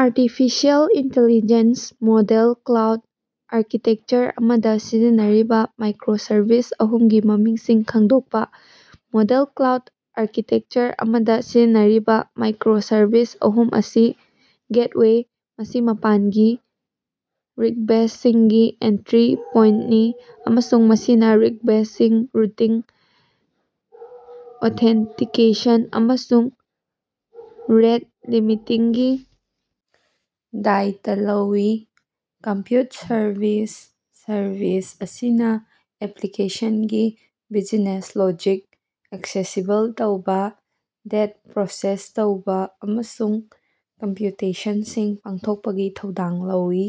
Artificial intelligence model cloud architecture ꯑꯃꯗ ꯁꯤꯖꯤꯟꯅꯔꯤꯕ microservice ꯑꯍꯨꯝꯒꯤ ꯃꯃꯤꯡꯁꯤꯡ ꯈꯪꯗꯣꯛꯄ꯫ ꯃꯣꯗꯦꯜ ꯀ꯭ꯂꯥꯎꯗ ꯑꯥꯔꯀꯤꯇꯦꯛꯆꯔ ꯑꯃꯗ ꯁꯤꯖꯤꯟꯅꯔꯤꯕ ꯃꯥꯏꯀ꯭ꯔꯣ-ꯁꯔꯚꯤꯁ ꯑꯍꯨꯝ ꯑꯁꯤ: ꯒꯦꯠꯋꯦ: ꯃꯁꯤ ꯃꯄꯥꯟꯒꯤ ꯔꯤꯛꯕꯦꯁ꯭ꯇꯁꯤꯡꯒꯤ ꯑꯦꯟꯇ꯭ꯔꯤ ꯄꯣꯏꯟꯇꯅꯤ ꯑꯃꯁꯨꯡ ꯃꯁꯤꯅ ꯔꯤꯛꯕꯦꯁꯇꯁꯤꯡ ꯔꯨꯇꯤꯡ, ꯑꯣꯊꯦꯟꯇꯤꯀꯦꯁꯟ, ꯑꯃꯁꯨꯡ ꯔꯦꯠ ꯂꯤꯃꯤꯇꯤꯡꯒꯤ ꯗꯥꯏꯇ ꯂꯧꯏ꯫ ꯀꯝꯄ꯭ꯌꯨꯠ ꯁꯔꯚꯤꯁ: ꯁꯔꯚꯤꯁ ꯑꯁꯤꯅ ꯑꯦꯄ꯭ꯂꯤꯀꯦꯁꯟꯒꯤ ꯕꯤꯖꯤꯅꯦꯁ ꯂꯣꯖꯤꯛ ꯑꯦꯛꯁꯦꯁꯤꯕꯜ ꯇꯧꯕ, ꯗꯦꯇ ꯄ꯭ꯔꯣꯁꯦꯁ ꯇꯧꯕ ꯑꯃꯁꯨꯡ ꯀꯝꯄ꯭ꯌꯨꯇꯦꯁꯟꯁꯤꯡ ꯄꯥꯡꯊꯣꯛꯄꯒꯤ ꯊꯧꯗꯥꯡ ꯂꯧꯏ꯫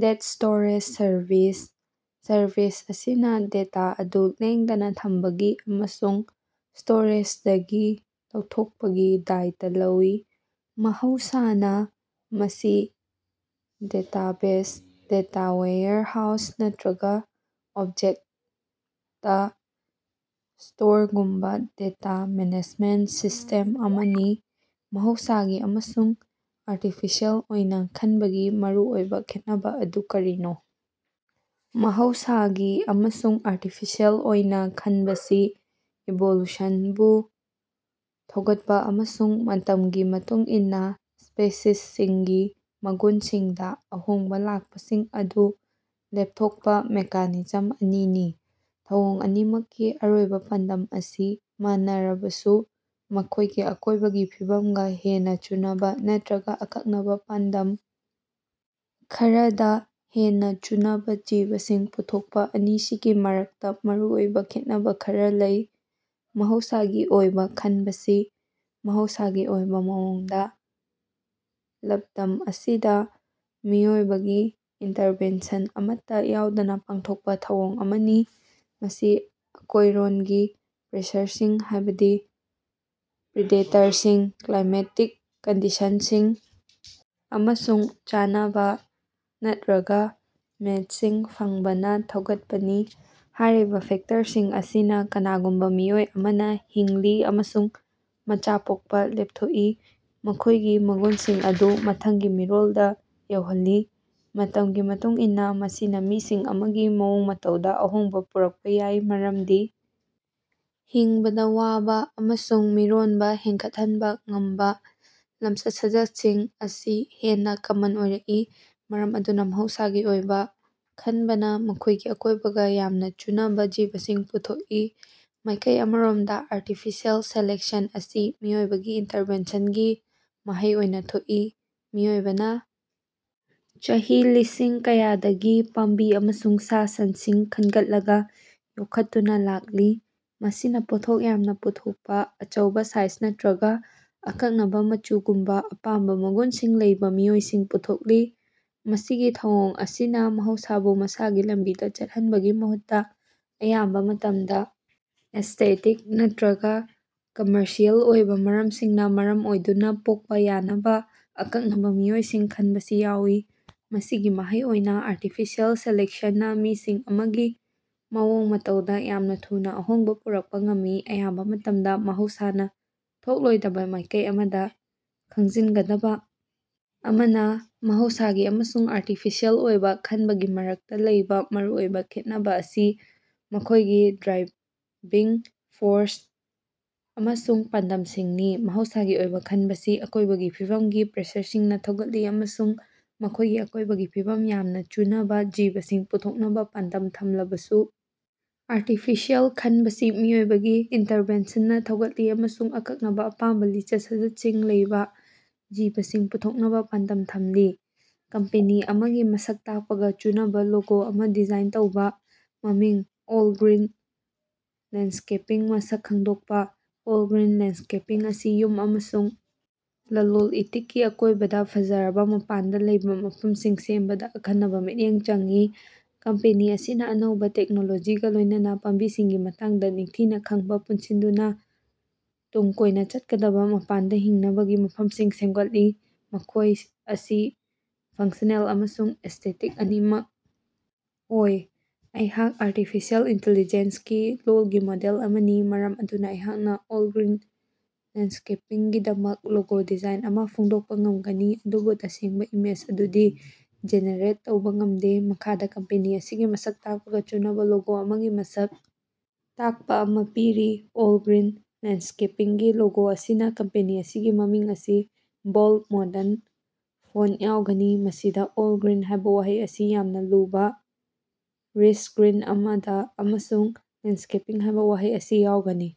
ꯗꯦꯇ ꯁ꯭ꯇꯣꯔꯦꯖ ꯁꯔꯚꯤꯁ: ꯁꯔꯚꯤꯁ ꯑꯁꯤꯅ ꯗꯦꯇꯥ ꯑꯗꯨ ꯂꯦꯡꯗꯅ ꯊꯝꯕꯒꯤ ꯑꯃꯁꯨꯡ ꯁ꯭ꯇꯣꯔꯦꯖꯗꯒꯤ ꯂꯧꯊꯣꯛꯄꯒꯤ ꯗꯥꯏꯇ ꯂꯧꯏ꯫ ꯃꯍꯧꯁꯥꯅ, ꯃꯁꯤ ꯗꯦꯇꯥꯕꯦꯖ, ꯗꯦꯇꯥ ꯋꯦꯌꯔꯍꯥꯎꯁ ꯅꯠꯇ꯭ꯔꯒ ꯑꯣꯕꯖꯦꯛꯇ ꯁ꯭ꯇꯣꯔꯒꯨꯝꯕ ꯗꯦꯇ ꯃꯦꯅꯦꯖꯃꯦꯟꯇ ꯁꯤꯁ꯭ꯇꯦꯝ ꯑꯃꯅꯤ꯫ ꯃꯍꯧꯁꯥꯒꯤ ꯑꯃꯁꯨꯡ ꯑꯥꯔꯇꯤꯐꯤꯁꯤꯑꯦꯜ ꯑꯣꯏꯅꯥ ꯈꯟꯕꯒꯤ ꯃꯔꯨꯑꯣꯏꯕ ꯈꯦꯠꯅꯕ ꯑꯗꯨ ꯀꯔꯤꯅꯣ? ꯃꯍꯧꯁꯥꯒꯤ ꯑꯃꯁꯨꯡ ꯑꯥꯔꯇꯤꯐꯤꯁꯤꯑꯦꯜ ꯑꯣꯏꯅ ꯈꯟꯕꯁꯤ ꯏꯚꯣꯂꯨꯁꯟꯕꯨ ꯊꯧꯒꯠꯄ ꯑꯃꯁꯨꯡ ꯃꯇꯝꯒꯤ ꯃꯇꯨꯡ ꯏꯟꯅ ꯁ꯭ꯄꯦꯁꯤꯁꯁꯤꯡꯒꯤ ꯃꯒꯨꯟꯁꯤꯡꯗ ꯑꯍꯣꯡꯕ ꯂꯥꯛꯄꯁꯤꯡ ꯑꯗꯨ ꯂꯦꯞꯊꯣꯛꯄ ꯃꯦꯀꯥꯅꯤꯖꯝ ꯑꯅꯤꯅꯤ꯫ ꯊꯧꯑꯣꯡ ꯑꯅꯤꯃꯛꯀꯤ ꯑꯔꯣꯏꯕ ꯄꯥꯟꯗꯝ ꯑꯁꯤ ꯃꯥꯟꯅꯔꯕꯁꯨ ꯃꯈꯣꯏꯒꯤ ꯑꯀꯣꯏꯕꯒꯤ ꯐꯤꯕꯝꯒ ꯍꯦꯟꯅ ꯆꯨꯅꯕ ꯅꯠꯇ꯭ꯔꯒ ꯑꯀꯛꯅꯕ ꯄꯥꯟꯗꯝ ꯈꯔꯗ ꯍꯦꯟꯅ ꯆꯨꯅꯕ ꯖꯤꯕꯁꯤꯡ ꯄꯨꯊꯣꯛꯄ ꯑꯅꯤꯁꯤꯒꯤ ꯃꯔꯛꯇ ꯃꯔꯨꯑꯣꯏꯕ ꯈꯦꯠꯅꯕ ꯈꯔ ꯂꯩ꯫ ꯃꯍꯧꯁꯥꯒꯤ ꯑꯣꯏꯕꯥ ꯈꯟꯕꯁꯤ ꯃꯍꯧꯁꯥꯒꯤ ꯑꯣꯏꯕ ꯃꯑꯣꯡꯗ ꯂꯞꯗꯝ ꯑꯁꯤꯗ, ꯃꯤꯑꯣꯏꯕꯒꯤ ꯏꯟꯇꯔꯚꯦꯟꯁꯟ ꯑꯃꯠꯇ ꯌꯥꯎꯗꯅ ꯄꯥꯡꯊꯣꯛꯄ ꯊꯧꯑꯣꯡ ꯑꯃꯅꯤ꯫ ꯃꯁꯤ ꯑꯀꯣꯏꯔꯣꯟꯒꯤ ꯄ꯭ꯔꯦꯁꯔꯁꯤꯡ, ꯍꯥꯏꯕꯗꯤ ꯄ꯭ꯔꯤꯗꯦꯇꯔꯁꯤꯡ, ꯀ꯭ꯂꯥꯏꯃꯦꯇꯤꯛ ꯀꯟꯗꯤꯁꯟꯁꯤꯡ, ꯑꯃꯁꯨꯡ ꯆꯥꯅꯕꯥ ꯅꯠꯇꯔꯒꯥ ꯃꯦꯠꯁꯤꯡ ꯐꯪꯕꯅꯥ ꯊꯧꯒꯠꯄꯅꯤ꯫ ꯍꯥꯏꯔꯤꯕ ꯐꯦꯛꯇꯔꯁꯤꯡ ꯑꯁꯤꯅ ꯀꯅꯥꯒꯨꯝꯕ ꯃꯤꯑꯣꯏ ꯑꯃꯅ ꯍꯤꯡꯂꯤ ꯑꯃꯁꯨꯡ ꯃꯆꯥ ꯄꯣꯛꯄ ꯂꯦꯞꯊꯣꯛꯏ, ꯃꯈꯣꯏꯒꯤ ꯃꯒꯨꯟꯁꯤꯡ ꯑꯗꯨ ꯃꯊꯪꯒꯤ ꯃꯤꯔꯣꯜꯗ ꯌꯧꯍꯜꯂꯤ꯫ ꯃꯇꯝꯒꯤ ꯃꯇꯨꯡꯏꯟꯅ, ꯃꯁꯤꯅꯥ ꯃꯤꯁꯤꯡ ꯑꯃꯒꯤ ꯃꯑꯣꯡ-ꯃꯇꯧꯗ ꯑꯍꯣꯡꯕ ꯄꯨꯔꯛꯄꯥ ꯌꯥꯏ, ꯃꯔꯝꯗꯤ ꯍꯤꯡꯕꯗ ꯋꯥꯕ ꯑꯃꯁꯨꯡ ꯃꯤꯔꯣꯟꯕ ꯍꯦꯟꯒꯠꯍꯟꯕ ꯉꯝꯕ ꯂꯝꯆꯠ-ꯁꯥꯖꯠꯁꯤꯡ ꯑꯁꯤ ꯍꯦꯟꯅ ꯀꯃꯟ ꯑꯣꯏꯔꯛꯏ꯫ ꯃꯔꯝ ꯑꯗꯨꯅ ꯃꯍꯧꯁꯥꯒꯤ ꯑꯣꯏꯕ ꯈꯟꯕꯅ ꯃꯈꯣꯏꯒꯤ ꯑꯀꯣꯏꯕꯒ ꯌꯥꯝꯅ ꯆꯨꯅꯕ ꯖꯤꯕꯁꯤꯡ ꯄꯨꯊꯣꯛꯏ꯫ ꯃꯥꯏꯀꯩ ꯑꯃꯔꯣꯝꯗ ꯑꯥꯔꯇꯤꯐꯤꯁꯤꯑꯦꯜ ꯁꯦꯂꯦꯛꯁꯟ ꯑꯁꯤ ꯃꯤꯑꯣꯏꯕꯒꯤ ꯏꯟꯇꯔꯚꯦꯟꯁꯟꯒꯤ ꯃꯍꯩ ꯑꯣꯏꯅ ꯊꯣꯛꯏ꯫ ꯃꯤꯑꯣꯏꯕꯅ ꯆꯍꯤ ꯂꯤꯁꯤꯡ ꯀꯌꯥꯗꯒꯤ ꯄꯥꯝꯕꯤ ꯑꯃꯁꯨꯡ ꯁꯥ-ꯁꯟꯁꯤꯡ ꯈꯟꯒꯠꯂꯒ ꯌꯣꯛꯈꯠꯇꯨꯅ ꯂꯥꯛꯂꯤ, ꯃꯁꯤꯅ ꯄꯣꯠꯊꯣꯛ ꯌꯥꯝꯅꯥ ꯄꯨꯊꯣꯛꯄꯥ, ꯑꯆꯧꯕꯥ ꯁꯥꯏꯖ ꯅꯠꯇꯔꯒꯥ ꯑꯀꯛꯅꯕꯥ ꯃꯆꯨꯒꯨꯝꯕ ꯑꯄꯥꯝꯕ ꯃꯒꯨꯟꯁꯤꯡ ꯂꯩꯕ ꯃꯤꯑꯣꯏꯁꯤꯡ ꯄꯨꯊꯣꯛꯂꯤ꯫ ꯃꯁꯤꯒꯤ ꯊꯧꯑꯣꯡ ꯑꯁꯤꯅ ꯃꯍꯧꯁꯥꯕꯨ ꯃꯁꯥꯒꯤ ꯂꯝꯕꯤꯗꯥ ꯆꯠꯍꯟꯕꯒꯤ ꯃꯍꯨꯠꯇ, ꯑꯌꯥꯝꯕ ꯃꯇꯝꯗ ꯑꯦꯁ꯭ꯇꯦꯇꯤꯛ ꯅꯠꯇ꯭ꯔꯒ ꯀꯝꯃꯔꯁꯤꯑꯦꯜ ꯑꯣꯏꯕ ꯃꯔꯝꯁꯤꯡꯅ ꯃꯔꯝ ꯑꯣꯏꯗꯨꯅ, ꯄꯣꯛꯄ ꯌꯥꯅꯕ ꯑꯀꯛꯅꯕ ꯃꯤꯑꯣꯏꯁꯤꯡ ꯈꯟꯕꯁꯤ ꯌꯥꯎꯏ꯫ ꯃꯁꯤꯒꯤ ꯃꯍꯩ ꯑꯣꯏꯅ, ꯑꯥꯔꯇꯤꯐꯤꯁꯤꯑꯦꯜ ꯁꯦꯂꯦꯛꯁꯟꯅ ꯃꯤꯁꯤꯡ ꯑꯃꯒꯤ ꯃꯑꯣꯡ-ꯃꯇꯧꯗ ꯌꯥꯝꯅ ꯊꯨꯅ ꯑꯍꯣꯡꯕ ꯄꯨꯔꯛꯄ ꯉꯝꯃꯤ, ꯑꯌꯥꯝꯕ ꯃꯇꯝꯗ ꯃꯍꯧꯁꯥꯅ ꯊꯣꯛꯂꯣꯏꯗꯕ ꯃꯥꯏꯀꯩ ꯑꯃꯗ꯫ ꯈꯪꯖꯤꯟꯒꯗꯕ ꯑꯃꯅꯥ, ꯃꯍꯧꯁꯥꯒꯤ ꯑꯃꯁꯨꯡ ꯑꯥꯔꯇꯤꯐꯤꯁꯤꯑꯦꯜ ꯑꯣꯏꯕ ꯈꯟꯕꯒꯤ ꯃꯔꯛꯇ ꯂꯩꯕ ꯃꯔꯨꯑꯣꯏꯕ ꯈꯦꯠꯅꯕ ꯑꯁꯤ ꯃꯈꯣꯏꯒꯤ ꯗ꯭ꯔꯥꯏꯚꯤꯡ ꯐꯣꯔꯁ ꯑꯃꯁꯨꯡ ꯄꯥꯟꯗꯝꯁꯤꯡꯅꯤ꯫ ꯃꯍꯧꯁꯥꯒꯤ ꯑꯣꯏꯕ ꯈꯟꯕꯁꯤ ꯑꯀꯣꯏꯕꯒꯤ ꯐꯤꯕꯝꯒꯤ ꯄ꯭ꯔꯦꯁꯔꯁꯤꯡꯅ ꯊꯧꯒꯠꯂꯤ ꯑꯃꯁꯨꯡ ꯃꯈꯣꯏꯒꯤ ꯑꯀꯣꯏꯕꯒꯤ ꯐꯤꯕꯝꯒ ꯌꯥꯝꯅ ꯆꯨꯅꯕ ꯖꯤꯕꯁꯤꯡ ꯄꯨꯊꯣꯛꯅꯕ ꯄꯥꯟꯗꯝ ꯊꯝꯂꯕꯁꯨ, ꯑꯥꯔꯇꯤꯐꯤꯁꯤꯑꯦꯜ ꯈꯟꯕꯁꯤ ꯃꯤꯑꯣꯏꯕꯒꯤ ꯏꯟꯇꯔꯚꯦꯟꯁꯟꯅ ꯊꯧꯒꯠꯂꯤ ꯑꯃꯁꯨꯡ ꯑꯀꯛꯅꯕ, ꯑꯄꯥꯝꯕ ꯂꯝꯆꯠ-ꯁꯥꯖꯠꯁꯤꯡ ꯂꯩꯕ ꯖꯤꯕꯁꯤꯡ ꯄꯨꯊꯣꯛꯅꯕ ꯄꯥꯟꯗꯝ ꯊꯝꯂꯤ꯫ ꯀꯝꯄꯦꯅꯤ ꯑꯃꯒꯤ ꯃꯁꯛ ꯇꯥꯛꯄꯒ ꯆꯨꯅꯕꯥ ꯂꯣꯒꯣ ꯑꯃ ꯗꯤꯖꯥꯏꯟ ꯇꯧꯕ꯫ ꯃꯃꯤꯡ: ꯑꯣꯜ-ꯒ꯭ꯔꯤꯟ ꯂꯦꯟꯗꯁ꯭ꯀꯦꯄꯤꯡ ꯃꯁꯛ ꯈꯪꯗꯣꯛꯄ: ꯑꯣꯜ-ꯒ꯭ꯔꯤꯟ ꯂꯦꯟꯗꯁ꯭ꯀꯦꯄꯤꯡ ꯑꯁꯤ ꯌꯨꯝ ꯑꯃꯁꯨꯡ ꯂꯂꯣꯟ-ꯏꯇꯤꯛꯀꯤ ꯑꯀꯣꯏꯕꯗ ꯐꯖꯔꯕ ꯃꯄꯥꯟꯗ ꯂꯩꯕ ꯃꯐꯝꯁꯤꯡ ꯁꯦꯝꯕꯗ ꯑꯈꯟꯅꯕ ꯃꯤꯠꯌꯦꯡ ꯆꯪꯏ꯫ ꯀꯝꯄꯦꯅꯤ ꯑꯁꯤꯅ ꯑꯅꯧꯕ ꯇꯦꯛꯅꯣꯂꯣꯖꯤꯒꯥ ꯂꯣꯏꯅꯅ ꯄꯥꯝꯕꯤꯁꯤꯡꯒꯤ ꯃꯇꯥꯡꯗ ꯅꯤꯡꯊꯤꯅ ꯈꯪꯕꯥ ꯄꯨꯟꯁꯤꯟꯗꯨꯅ ꯇꯨꯡ ꯀꯣꯏꯅ ꯆꯠꯀꯗꯕ ꯃꯄꯥꯟꯗ ꯍꯤꯡꯅꯕꯒꯤ ꯃꯐꯝꯁꯤꯡ ꯁꯦꯝꯒꯠꯂꯤ, ꯃꯈꯣꯏ ꯑꯁꯤ ꯐꯪꯁ꯭ꯅꯦꯜ ꯑꯃꯁꯨꯡ ꯑꯦꯁ꯭ꯇꯦꯇꯤꯛ ꯑꯅꯤꯃꯛ ꯑꯣꯏ꯫ ꯑꯩꯍꯥꯛ ꯑꯥꯔꯇꯤꯐꯤꯁꯥꯑꯦꯜ ꯏꯟꯇꯤꯂꯤꯖꯦꯟꯁꯒꯤ ꯂꯣꯜꯒꯤ ꯃꯣꯗꯦꯜ ꯑꯃꯅꯤ, ꯃꯔꯝ ꯑꯗꯨꯅ ꯑꯩꯍꯥꯛꯅ ꯑꯣꯜ-ꯒ꯭ꯔꯤꯟ ꯂꯦꯟꯗꯁ꯭ꯀꯦꯄꯤꯡꯒꯤꯗꯃꯛ ꯂꯣꯒꯣ ꯗꯤꯖꯥꯏꯟ ꯑꯃꯥ ꯐꯣꯡꯗꯣꯛꯄ ꯉꯝꯒꯅꯤ, ꯑꯗꯨꯕꯨ ꯇꯁꯦꯡꯕ ꯏꯃꯦꯖ ꯑꯗꯨꯗꯤ ꯖꯦꯅꯦꯔꯦꯠ ꯇꯧꯕ ꯉꯝꯗꯦ꯫ ꯃꯈꯥꯗ ꯀꯝꯄꯦꯅꯤ ꯑꯁꯤꯒꯤ ꯃꯁꯛ ꯇꯥꯛꯄꯒ ꯆꯨꯅꯕ ꯂꯣꯒꯣ ꯑꯃꯒꯤ ꯃꯁꯛ ꯇꯥꯛꯄꯥ ꯑꯃꯥ ꯄꯤꯔꯤ: ꯑꯣꯜ-ꯒ꯭ꯔꯤꯟ ꯂꯦꯟꯗꯁ꯭ꯀꯦꯄꯤꯡꯒꯤ ꯂꯣꯒꯣ ꯑꯁꯤꯅꯥ ꯀꯝꯄꯦꯅꯤ ꯑꯁꯤꯒꯤ ꯃꯃꯤꯡ ꯑꯁꯤ ꯕꯣꯜꯗ, ꯃꯣꯗꯔꯟ ꯐꯣꯟꯇ ꯌꯥꯎꯒꯅꯤ, ꯃꯁꯤꯗ "ꯑꯣꯜ-ꯒ꯭ꯔꯤꯟ" ꯍꯥꯏꯕ ꯋꯥꯍꯩ ꯑꯁꯤ ꯌꯥꯝꯅ ꯂꯨꯕ, ꯔꯤꯆ ꯒ꯭ꯔꯤꯟ ꯑꯃꯗ ꯑꯃꯁꯨꯡ "ꯂꯦꯟꯗꯁ꯭ꯀꯦꯄꯤꯡ" ꯍꯥꯏꯕ ꯋꯥꯍꯩ ꯑꯁꯤ ꯌꯥꯎꯒꯅꯤ꯫